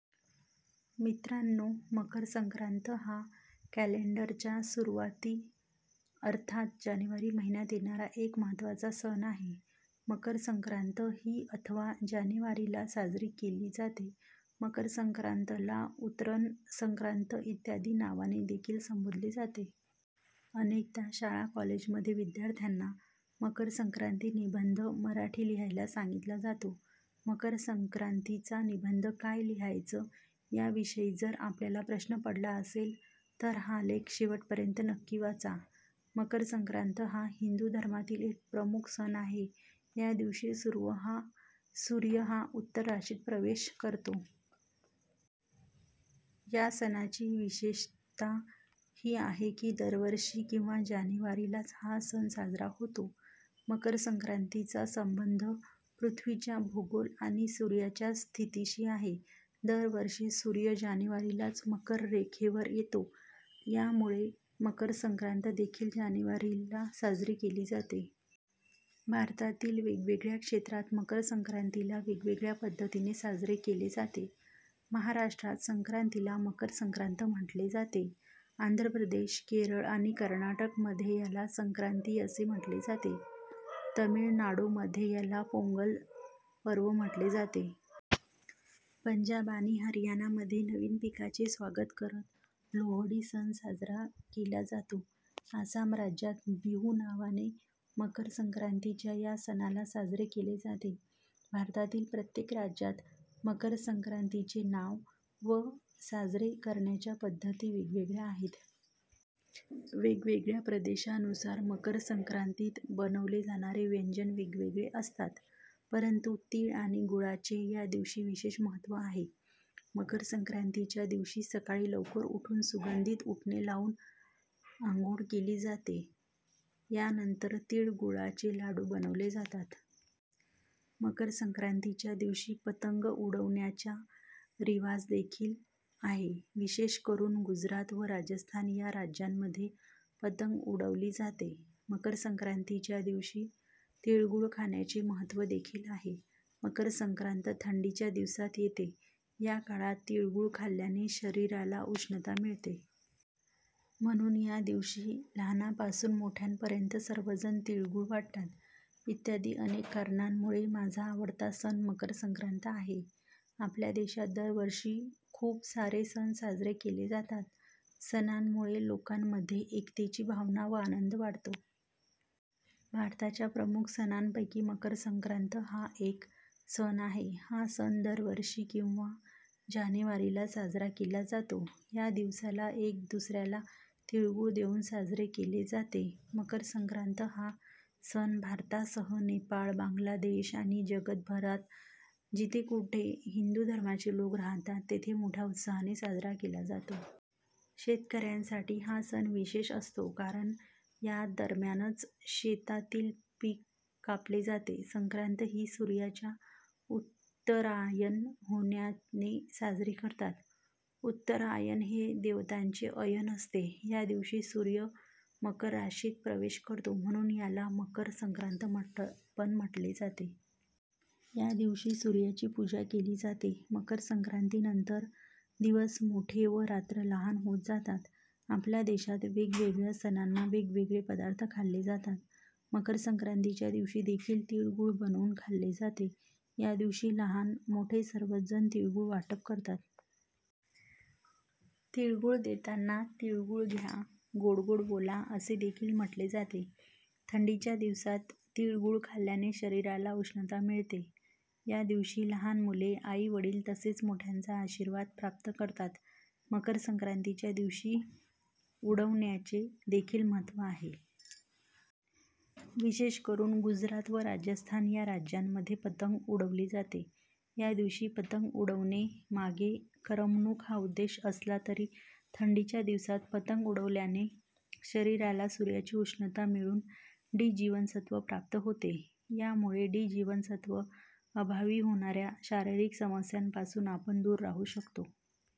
: मित्रांनो मकर संक्रांत हा कॅलेंडर च्या सुरुवाती अर्थात जानेवारी महिन्यात येणारा एक महत्त्वाचा सण आहे. मकरसंक्रांत ही अथवा जानेवारी ला साजरी केली जाते. मकरसंक्रांत ला उतरण, संक्रांत इत्यादी नावाने देखील संबोधले जाते. अनेकदा शाळा कॉलेज मध्ये विद्यार्थ्यांना मकर संक्रांती निबंध मराठी लिहायला सांगितला जातो. मकर संक्रांती चा निबंध काय लिहायचं याविषयी जर आपल्याला प्रश्न पडला असेल तर हा लेख शेवटपर्यंत नक्की वाचा. मकरसंक्रांत हा हिंदू धर्मातील एक प्रमुख सण आहे, या दिवशी सुर्व हा सूर्य हा उत्तर राशीत प्रवेश करतो. या सणाची विशेषता ही आहे की दरवर्षी किंवा जानेवारीलाच हा सण साजरा होतो. मकरसंक्रांतीचा संबंध पृथ्वीच्या भूगोल आणि सूर्याच्या स्थितीशी आहे. दरवर्षी सूर्य जानेवारीलाच मकर रेखे वर येतो. यामुळे मकर संक्रांत देखील जानेवारीला साजरी केली जाते. भारतातील वेगवेगळ्या क्षेत्रात मकर संक्रांतीला वेगवेगळ्या पद्धतीने साजरे केले जाते. महाराष्ट्रात संक्रांतीला मकर संक्रांत म्हटले जाते. आंध्र प्रदेश, केरळ आणि कर्नाटक मध्ये याला संक्रांति असे म्हटले जाते. तमिळनाडूमध्ये याला 'पोंगल' पर्व म्हटले जाते. पंजाब आणि हरियाणा मध्ये नवीन पिकाचे स्वागत करत लोहडी सण साजरा केला जातो. आसाम राज्यात बिहू नावाने मकर संक्रांतीच्या या सणाला साजरे केले जाते. भारतातील प्रत्येक राज्यात मकरसंक्रांतीचे नाव व साजरे करण्याच्या पद्धती वेगवेगळ्या आहेत. वेगवेगळ्या प्रदेशानुसार मकर संक्रांतीत बनवले जाणारे व्यंजन वेगवेगळे असतात, परंतु तीळ आणि गुळाचे या दिवशी विशेष महत्त्व आहे. मकर संक्रांतीच्या दिवशी सकाळी लवकर उठून सुगंधित उटने लाऊन आंघोळ केली जाते. यानंतर तिळगुळाचे लाडू बनवले जातात. मकर संक्रांतीच्या दिवशी पतंग उडवण्याच्या रीवाज देखील आहे. विशेष करून गुजरात व राजस्थान या राज्यांमध्ये पतंग उडवली जाते. मकर संक्रांतीच्या दिवशी तिळगुळ खाण्याचे महत्त्व देखील आहे. मकर संक्रांत थंडीच्या दिवसात येते या काळात तीळ गूळ खाल्ल्याने शरीराला उष्णता मिळते. म्हणून या दिवशी लहानापासून मोठ्यापर्यंत सर्वजण तिळगुळ वाटतात. इत्यादी अनेक कारणांमुळे माझा आवडता सण मकर संक्रांत आहे. आपल्या देशात दरवर्षी खूप सारे सण साजरे केले जातात. सणांमुळे लोकामध्ये एकतेची भावना व आनंद वाढतो. भारताच्या प्रमुख सणापैकी मकर संक्रांत हा एक सण आहे. हा सण दरवर्षी किंवा जानेवारीला साजरा केला जातो. या दिवसाला एक दुसऱ्याला तिळगुळ देऊन साजरे केले जाते. मकरसंक्रांत हा सण भारतासह नेपाळ, बांगलादेश आणि जगभरात जिथे कुठे हिंदू धर्माचे लोक राहतात तेथे मोठ्या उत्साहाने साजरा केला जातो. शेतकऱ्यांसाठी हा सण विशेष असतो कारण यादरम्यानच शेतातील पिक कापले जाते. संक्रांत ही सूर्याच्या उत्तरायण होण्याने साजरी करतात. उत्तरायण हे देवतांचे अयन असते. यादिवशी सूर्य मकर राशीत प्रवेश करतो, म्हणून याला 'मकर संक्रांत' पण म्हटले जाते. या दिवशी सूर्याची पूजा केली जाते. मकर संक्रांती नंतर दिवस मोठे व रात्र लहान होत जातात. आपल्या देशात वेगवेगळ्या सणाना वेगवेगळे पदार्थ खाल्ले जातात. मकर संक्रांतीच्या दिवशी देखील तिळगुळ बनवून खाल्ले जाते. या दिवशी लहान मोठे सर्वच जण तिळगुळ वाटप करतात. तिळगुळ देताना "तिळगुळ घ्या, गोड गोड बोला" असे देखील म्हटले जाते. थंडीच्या दिवसात तीळ गुळ खाल्ल्याने शरीराला उष्णता मिळते. या दिवशी लहान मुले आई वडील तसेच मोठ्यांचा आशीर्वाद प्राप्त करतात. मकर संक्रांतीच्या दिवशी उडवण्याचे देखील महत्त्व आहे. विशेष करून गुजरात व राजस्थान या राज्यांमध्ये पतंग उडवली जाते. या दिवशी पतंग उडवणे मागे करमणूक हा उद्देश असला तरी थंडीच्या दिवसात पतंग उडवल्याने शरीराला सूर्याची उष्णता मिळून डी जीवनसत्व प्राप्त होते. यामुळे डी जीवनसत्व अभावी होणाऱ्या शारीरिक समस्यांपासून आपण दूर राहू शकतो.